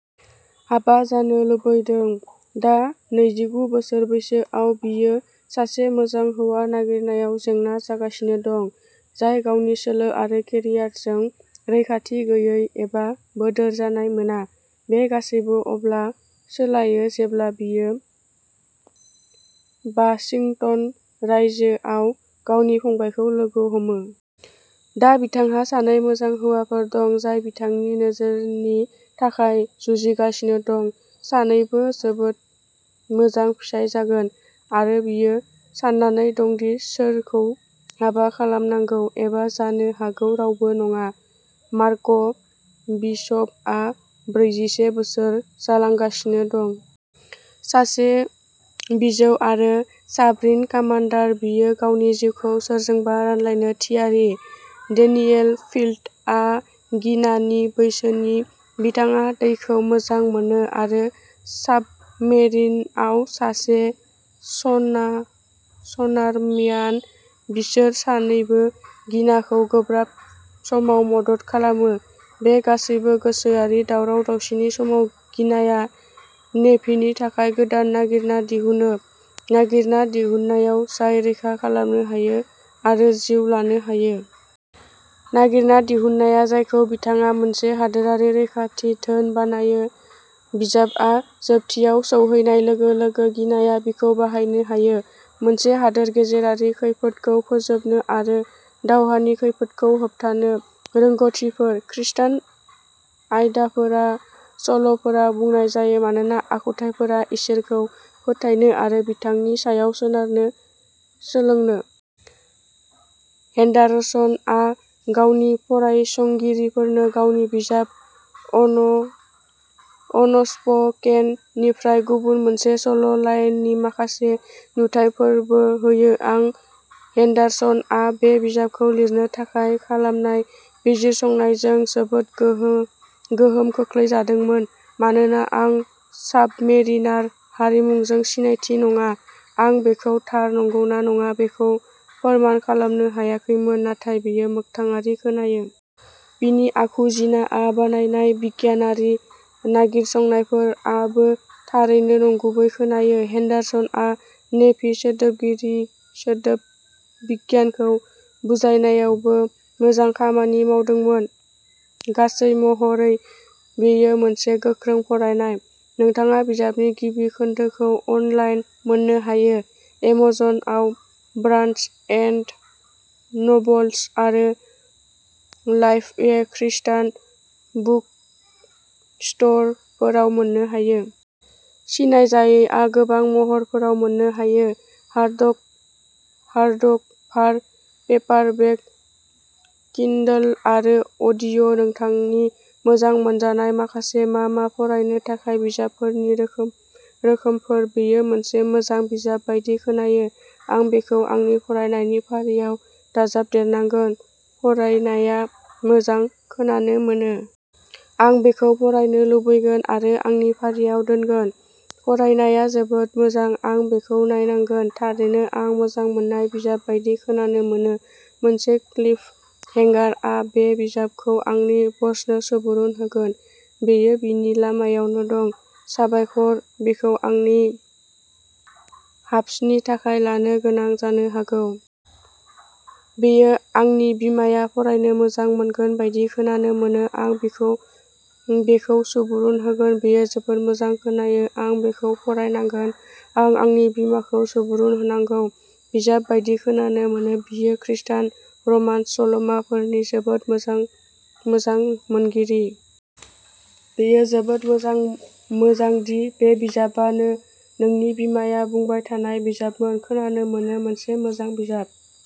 हाबा जानो लुबैदों। दा नैजिगु बोसोर बैसोआव बियो सासे मोजां हौवा नागिरनायाव जेंना जागासिनो दं, जाय गावनि सोलो आरो केरियारजों रैखाथि गैयै एबा बोदोर जानाय मोना। बे गासैबो अब्ला सोलायो जेब्ला बियो वाशिंटन रायजोआव गावनि फंबायखौ लोगो हमो। दा बिथांहा सानै मोजां हौवाफोर दं, जाय बिथांनि नोजोरनि थाखाय जुजिगासिनो दं। सानैबो जोबोद मोजां फिसाय जागोन, आरो बियो सान्नानै दं दि सोरखौ हाबा खालामनांगौ, एबा जानो हागौ रावबो नङा। मार्क बिशपआ ब्रैजिसे बोसोर जालांगासिनो दं। सासे बिजौ आरो साबमेरिन कामान्डार, बियो गावनि जिउखौ सोरजोंबा रानलायनो थियारि। डेनियेल फील्डआ गिनानि बैसोनि। बिथाङा दैखौ मोजां मोनो आरो साबमेरिनआव सासे सनारम्यान। बिसोर सानैबो गिनाखौ गोब्राब समाव मदद खालामो। बे गासैबो गोसोआरि दावराव-दावसिनि समाव, गिनाया नेभिनि थाखाय गोदान नागिरना दिहुनो; नागिरना दिहुननाया जाय रैखा खालामनो हायो आरो जिउ लानो हायो। नागिरना दिहुननाया जायखौ बिथाङा मोनसे हादोरारि रैखाथि धोन बानायो। बिजाबआ जोबथियाव सौहैनाय लोगो लोगो, गिनाया बिखौ बाहायनो हायो। मोनसे हादोर गेजेरारि खैफोदखौ फोजोबनो आरो दावहानि खैफोदखौ होबथानो रोंग'थिफोर। खृस्टान आयदाफोरा सल'फोराव बुनाय जायो मानोना आखुथाइफोरा इसोरखौ फोथायनो आरो बिथांनि सायाव सोनारनो सोलोंनो। हेन्डारसनआ गावनि फरायसंगिरिफोरनो गावनि बिजाब अनस्प'केन निफ्राय गुबुन मोनसे सल' लाइननि माखासे नुथाइफोरबो होयो। आं हेन्डारसनआ बे बिजाबखौ लिरनो थाखाय खालामनाय बिजिरसंनायजों जोबोद गोहोम खोख्लैजादोंमोन। मानोना आं साबमेरिनार हारिमुजों सिनायथि नङा, आं बेखौ थार नंगौना नङा बेखौ फोरमान खालामनो हायाखैमोन, नाथाय बेयो मोगथाङारि खोनायो। बिनि आखु जिनाआ बानायनाय बिगियानारि नागिरसंनायफोर आबो थारैनो नंगुबै खोनायो। हेन्डारसनआ नेभि सोदोबबिगियानखौ बुजायनायावबो मोजां खामानि मावदोंमोन। गासै महरै, बेयो मोनसे गोख्रों फरायनाय। नोंथाङा बिजाबनि गिबि खोन्दोखौ अनलाइन मोननो हायो। एमेजनआव, बार्न्स एन्ड न'बल्स आरो लाइफवे खृस्टान बुकस्ट'रफोराव मोननो हायो। सिनायजायैआ गोबां महरफोराव मोननो हायो। हार्डकभार, पेपारबेक, किन्डल आरो अडिय'। नोंथांनि मोजां मोनजानाय माखासे मा मा फरायनो थाखाय बिजाबफोरनि रोखोमफोर बेयो मोनसे मोजां बिजाब बायदि खोनायो। आं बेखौ आंनि फरायनायनि फारियाव दाजाबदेरनांगोन। फरायनाया मोजां खोनानो मोनो। आं बेखौ फरायनो लुबैगोन आरो आंनि फारियाव दोनगोन। फरायनाया जोबोद मोजां। आं बेखौ नायनांगोन। थारैनो आं मोजां मोन्नाय बिजाब बायदि खोनानो मोनो मोनसे क्लिफ हेंगार, आं बे बिजाबखौ आंनि बसनो सुबुरुन होगोन, बेयो बिनि लामायावनो दं साबायखर, बेखौ आंनि हाब्सनि थाखाय लानो गोनां जानो हागौ। बेयो आंनि बिमाया फरायनो मोजां मोनगोन बायदि खोनानो मोनो। आं बिखौ बेखौ सुबुरुन होगोन बेयो जोबोद मोजां खोनायो। आं बेखौ फरायनांगोन आं आंनि बिमाखौ सुबुरुन होनांगौ बिजाब बायदि खोनानो मोनो। बियो खृस्टान रमान्स सल'माफोरनि जोबोद मोजां मोजां मोनगिरि। बेयो जोबोद मोजां दि बे बिजाबानो नोंनि बिमाया बुंबाय थानाय बिजाबमोन खोनानो मोनो मोनसे मोजां बिजाब।